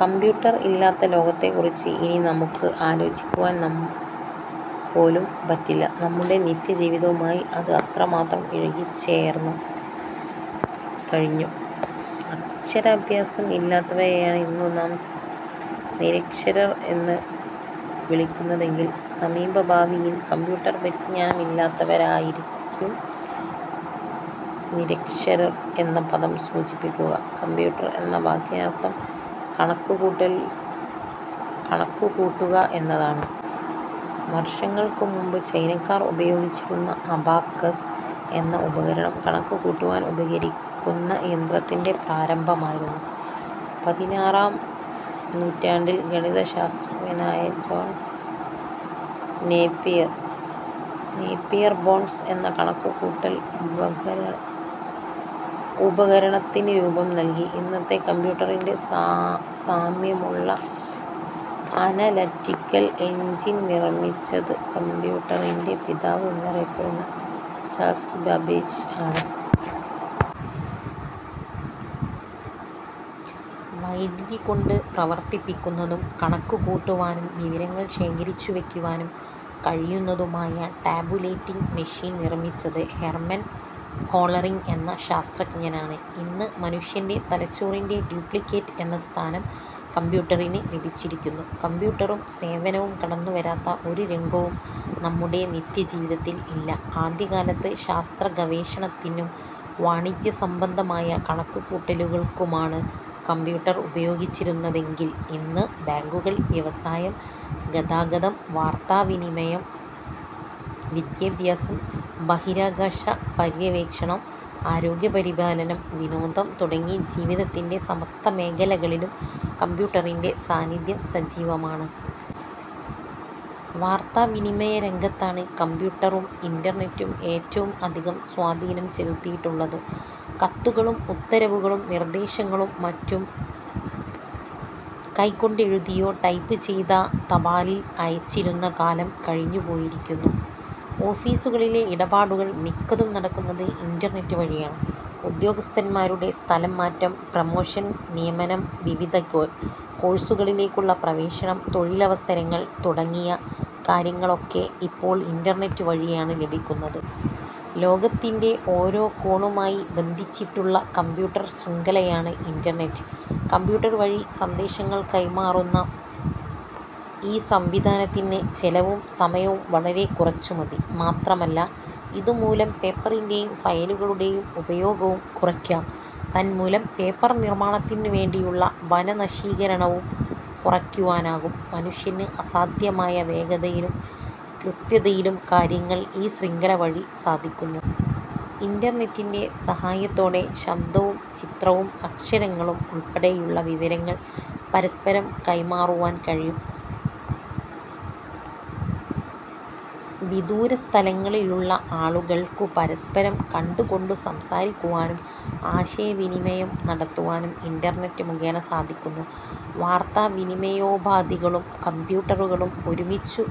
Computer ഇല്ലാത്ത ലോകത്തെക്കുറിച്ച് ഇനി നമുക്ക് ആലോചിക്കുവാൻ പോലും പറ്റില്ല. നമ്മുടെ നിത്യജീവിതവുമായി അത് അത്രമാത്രം ഇഴു കിച്ചേർന്നുകഴിഞ്ഞു. അക്ഷരാഭ്യാസം ഇല്ലാത്തവരെയാണ് ഇന്നു നാം നിരക്ഷരർ എന്നുവിളിക്കുന്നതെങ്കിൽ സമീപഭാവിയിൽ കമ്പ്യൂട്ടർ പരിജ്ഞാനം ഇല്ലാത്തവരായിരിക്കും നിരക്ഷരർ എന്ന പദം സൂചിപ്പി ക്കുക. 'കമ്പ്യൂട്ട് എന്ന വാക്കിനർത്ഥം കണക്കുകൂട്ടുക എന്നാണ്. വർഷങ്ങൾക്കുമുമ്പ് ചൈനാക്കാർ ഉപയോഗിച്ചിരുന്ന "അബാക്കസ്' എന്ന ഉപകരണം കണക്കുകൂട്ടുവാൻ ഉപകരിക്കുന്ന യന്ത്രത്തിന്റെ പ്രാരംഭമായിരുന്നു. പതിനാറാം നൂറ്റാണ്ടിൽ ഗണിതശാസ്ത്രജ്ഞനായ ജോൺ നേപ്പിയർ, നേപ്പിയർ ബോൺസ് എന്ന കണക്കുകൂട്ടൽ ഉപക രണത്തിന് രൂപം നൽകി. ഇന്നത്തെ കമ്പ്യൂട്ടറിന്റെ സാമ്യമുള്ള അന ലറ്റിക്കൽ എൻജിൻ നിർമ്മിച്ചത് കമ്പ്യൂട്ടറിന്റെ പിതാവ് എന്നറിയപ്പെടുന്ന ചാൾസ് ബാബേജ് ആണ്. വൈദ്യുതികൊണ്ട് പ്രവർത്തിപ്പിക്കുന്നതും കണക്കുകൂട്ടുവാനും വിവരങ്ങൾ ശേഖരിച്ചുവയ്ക്കുവാനും കഴിയുന്നതു മായ ടാബുലേറ്റിങ് മെഷീൻ നിർമ്മിച്ചത് ഹെർമൻ ഹോളറിങ് എന്ന ശാസ്ത്രജ്ഞനാണ്. ഇന്നു മനുഷ്യന്റെ തലച്ചോറിന്റെ ഡ്യൂപ്ലിക്കേറ്റ് എന്ന സ്ഥാനം കമ്പ ട്ടറിനു ലഭിച്ചിരിക്കുന്നു. കമ്പ്യൂട്ടറും സേവനവും കടന്നുവരാത്ത ഒരു രംഗവും നമ്മുടെ നിത്യജീവിതത്തിൽ ഇല്ല. ആദ്യകാലത്ത് ശാസ്ത്ര ഗവേഷണത്തിനും വാണിജ്യസംബന്ധമായ കണക്കുകൂട്ടലുകൾക്കുമാണ് കമ്പ്യൂട്ടർ ഉപയോഗിച്ചിരുന്നതെങ്കിൽ ഇന്ന് ബാങ്കുകൾ, വ്യവസായം, ഗതാഗതം, വാർത്താവിനിമയം, വിദ്യാഭ്യാസം, ബഹിരാകാശ പര്യവേക്ഷ ണം, ആരോഗ്യപരിപാലനം, വിനോദം തുടങ്ങി ജീവിതത്തിന്റെ സമസ്ത മേഖല കളിലും കമ്പ്യൂട്ടറിന്റെ സാന്നിധ്യം സജീവമാണ്. വാർത്താവിനിമയരംഗത്താണ് കമ്പ്യൂട്ടറും ഇന്റർനെറ്റും ഏറ്റവും അധികം സ്വാധീനം ചെലുത്തിയിട്ടുള്ളത്. കത്തുകളും ഉത്തരവുകളും നിർദ്ദേശങ്ങളും മറ്റും കൈകൊണ്ട് എഴുതിയോ ടൈപ്പ് ചെയ്താ തപാലിൽ അയച്ചിരുന്ന കാലം കഴിഞ്ഞുപോയിരിക്കുന്നു. ഓഫീസു കളിലെ ഇടപാടുകൾ മിക്കതും നടക്കുന്നത് ഇന്റർനെറ്റ് വഴിയാണ്. ഉദ്യോഗസ്ഥന്മാരുടെ സ്ഥലംമാറ്റം, പ്രൊമോഷൻ, നിയമനം, വിവിധ കോഴ്സുകളിലേക്കുള്ള പ്രവേശനം, തൊഴിലവസരങ്ങൾ തുടങ്ങിയ കാര്യങ്ങളൊക്കെ ഇപ്പോൾ ഇന്റർനെറ്റ് വഴിയാണ് ലഭിക്കുന്നത്. ലോകത്തിന്റെ ഓരോ കോണുമായി ബന്ധിച്ചിട്ടുള്ള കമ്പ്യൂട്ടർ ശൃംഖ ലയാണ് ഇന്റർനെറ്റ്. കമ്പ്യൂട്ടർ വഴി സന്ദേശങ്ങൾ കൈമാറുന്ന ഈ സംവിധാനത്തിന് ചെലവും സമയവും വളരെ കുറച്ചുമതി. മാത്രമല്ല, ഇതുമൂലം പേപ്പറിന്റെയും ഫയലുകളുടെയും ഉപയോഗവും കുറ യ്ക്കാം. തന്മൂലം പേപ്പർനിർമ്മാണത്തിനുവേണ്ടിയുള്ള വനനശീകര ണവും കുറയ്ക്കുവാനാകും. മനുഷ്യന് അസാധ്യമായ വേഗതയിലും കൃത്യതയിലും കാര്യങ്ങൾ ഈ ശൃംഖല വഴി സാധിക്കുന്നു. ഇന്റർനെറ്റിന്റെ സഹായത്തോടെ ശബ്ദവും ചിത്രവും അക്ഷരങ്ങളും ഉൾപ്പെടെയുള്ള വിവരങ്ങൾ പരസ്പരം കൈമാറുവാൻ കഴിയും. വിദൂരസ്ഥലങ്ങളിലുള്ള ആളുകൾക്കു പരസ്പരം കണ്ടുകൊണ്ടു സംസാ രിക്കുവാനും ആശയ വിനിമയം നടത്തുവാനും ഇന്റർനെറ്റ് മുഖേന സാധിക്കുന്നു. വാർത്താവിനിമയോപാധികളും കമ്പ്യൂട്ടറുകളും ഒരുമിച്ചു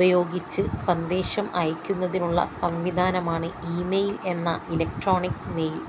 പയോഗിച്ച് സന്ദേശം അയ യ്ക്കുന്നതിനുളള സംവിധാനമാണ് ഇമെയിൽ എന്ന ഇലക്ട്രോണിക് മെയിൽ.